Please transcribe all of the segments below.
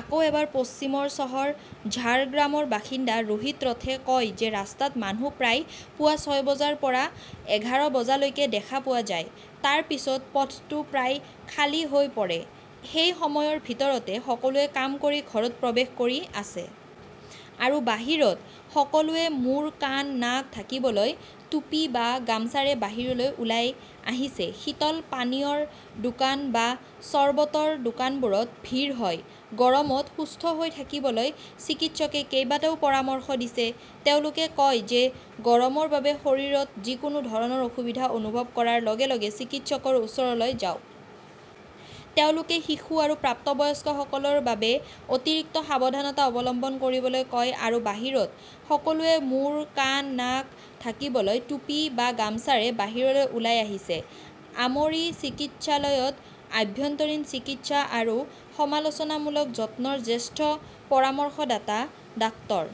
আকৌ এবাৰ পশ্চিমৰ চহৰ ঝাৰগ্ৰামৰ বাসিন্দা ৰোহিত ৰথে কয় যে ৰাস্তাত মানুহ প্ৰায় পুৱা ছয় বজাৰ পৰা এঘাৰ বজালৈকে দেখা পোৱা যায়। তাৰ পিছত পথটো প্ৰায় খালী হৈ পৰে। সেই সময়ৰ ভিতৰতে সকলোৱে কাম কৰি ঘৰত প্ৰৱেশ কৰি আছে। আৰু বাহিৰত, সকলোৱে মূৰ, কাণ, নাক ঢাকিবলৈ টুপী বা গামছাৰে বাহিৰলৈ ওলাই আহিছে। শীতল পানীয়ৰ দোকান বা সৰবতৰ দোকানবোৰত ভিৰ হয়। গৰমত সুস্থ হৈ থাকিবলৈ চিকিৎসকে কেইবাটাও পৰামৰ্শ দিছে। তেওঁলোকে কয় যে গৰমৰ বাবে শৰীৰত যিকোনো ধৰণৰ অসুবিধা অনুভৱ কৰাৰ লগে লগে চিকিৎসকৰ ওচৰলৈ যাওঁক। তেওঁলোকে শিশু আৰু প্ৰাপ্তবয়স্কসকলৰ বাবে অতিৰিক্ত সাৱধানতা অৱলম্বন কৰিবলৈ কয়। আৰু বাহিৰত, সকলোৱে মূৰ, কাণ, নাক ঢাকিবলৈ টুপী বা গামছাৰে বাহিৰলৈ ওলাই আহিছে। আমৰী চিকিৎসালয়ত আভ্যন্তৰীণ চিকিৎসা আৰু সমালোচনামূলক যত্নৰ জ্যেষ্ঠ পৰামৰ্শদাতা ডাক্তৰ।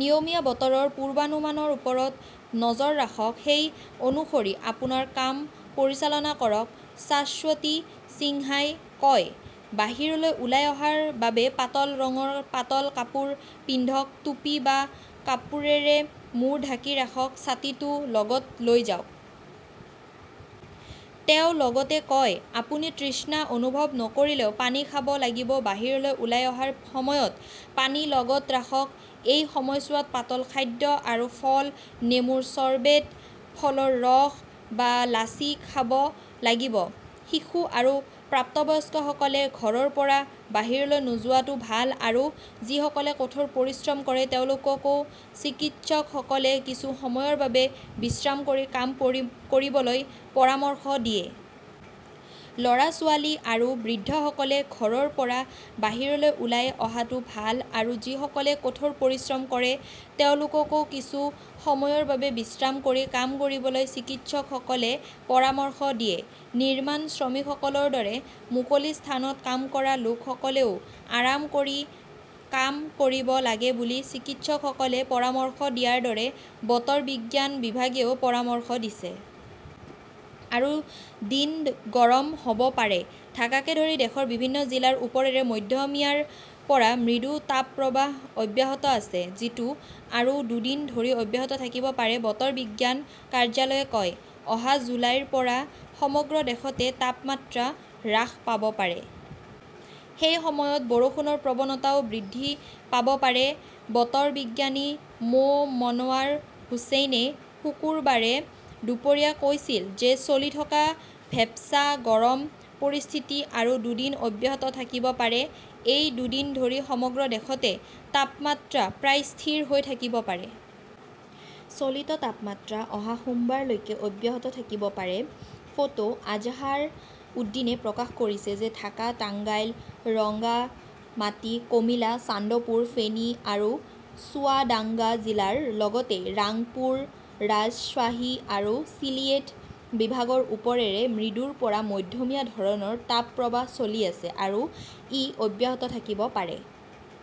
নিয়মীয়া বতৰৰ পূৰ্বানুমানৰ ওপৰত নজৰ ৰাখক, সেই অনুসৰি আপোনাৰ কাম পৰিচালনা কৰক, শাশ্বতী সিনহাই কয়। বাহিৰলৈ ওলাই অহাৰ বাবে পাতল ৰঙৰ পাতল কাপোৰ পিন্ধক, টুপী বা কাপোৰেৰে মূৰ ঢাকি ৰাখক, ছাতিটো লগত লৈ যাওক। তেওঁ লগতে কয়, "আপুনি তৃষ্ণা অনুভৱ নকৰিলেও পানী খাব লাগিব, বাহিৰলৈ ওলাই অহাৰ সময়ত পানী লগত ৰাখক"। এই সময়ছোৱাত পাতল খাদ্য আৰু ফল, নেমুৰ সৰ্বেট, ফলৰ ৰস বা লাছি খাব লাগিব। শিশু আৰু প্ৰাপ্তবয়স্কসকলে ঘৰৰ পৰা বাহিৰলৈ নোযোৱাটো ভাল, আৰু যিসকলে কঠোৰ পৰিশ্ৰম কৰে তেওঁলোককও চিকিৎসকসকলে কিছু সময়ৰ বাবে বিশ্ৰাম কৰি কাম কৰিবলৈ পৰামৰ্শ দিয়ে। লʼৰা-ছোৱালী আৰু বৃদ্ধসকলে ঘৰৰ পৰা বাহিৰলৈ ওলাই অহাটো ভাল, আৰু যিসকলে কঠোৰ পৰিশ্ৰম কৰে তেওঁলোককও কিছু সময়ৰ বাবে বিশ্ৰাম কৰি কাম কৰিবলৈ চিকিৎসকসকলে পৰামৰ্শ দিয়ে। নিৰ্মাণ শ্ৰমিকসকলৰ দৰে মুকলি স্থানত কাম কৰা লোকসকলেও আৰাম কৰি কাম কৰিব লাগে বুলি চিকিৎসকসকলে পৰামৰ্শ দিয়াৰ দৰে বতৰ বিজ্ঞান বিভাগেও পৰামৰ্শ দিছে। আৰু দিন গৰম হʼব পাৰে, ঢাকাকে ধৰি দেশৰ বিভিন্ন জিলাৰ ওপৰেৰে মধ্যমীয়াৰ পৰা মৃদু তাপপ্ৰবাহ অব্যাহত আছে, যিটো আৰু দুদিন ধৰি অব্যাহত থাকিব পাৰে, বতৰ বিজ্ঞান কাৰ্যালয়ে কয়। অহা জুলাইৰ পৰা সমগ্ৰ দেশতে তাপমাত্ৰা হ্ৰাস পাব পাৰে। সেই সময়ত বৰষুণৰ প্ৰৱণতাও বৃদ্ধি পাব পাৰে। বতৰ বিজ্ঞানী মো. মনৱাৰ হুচেইনে শুকুৰবাৰে দুপৰীয়া কৈছিল যে চলি থকা ভেপ্সা গৰম পৰিস্থিতি আৰু দুদিন অব্যাহত থাকিব পাৰে। এই দুদিন ধৰি সমগ্ৰ দেশতে তাপমাত্ৰা প্ৰায় স্থিৰ হৈ থাকিব পাৰে। চলিত তাপমাত্ৰা অহা সোমবাৰ লৈকে অব্যাহত থাকিব পাৰে। ফটো: আজহাৰ উদ্দিনে প্ৰকাশ কৰিছে যে ঢাকা, টাঙ্গাইল, ৰংগামাতী, কমিলা, চান্দপুৰ, ফেনী আৰু চুৱাদাংগা জিলাৰ লগতে ৰাংপুৰ, ৰাজশ্বাহী আৰু চিলিয়েট বিভাগৰ ওপৰেৰে মৃদুৰ পৰা মধ্যমীয়া ধৰণৰ তাপপ্ৰবাহ চলি আছে আৰু ই অব্যাহত থাকিব পাৰে।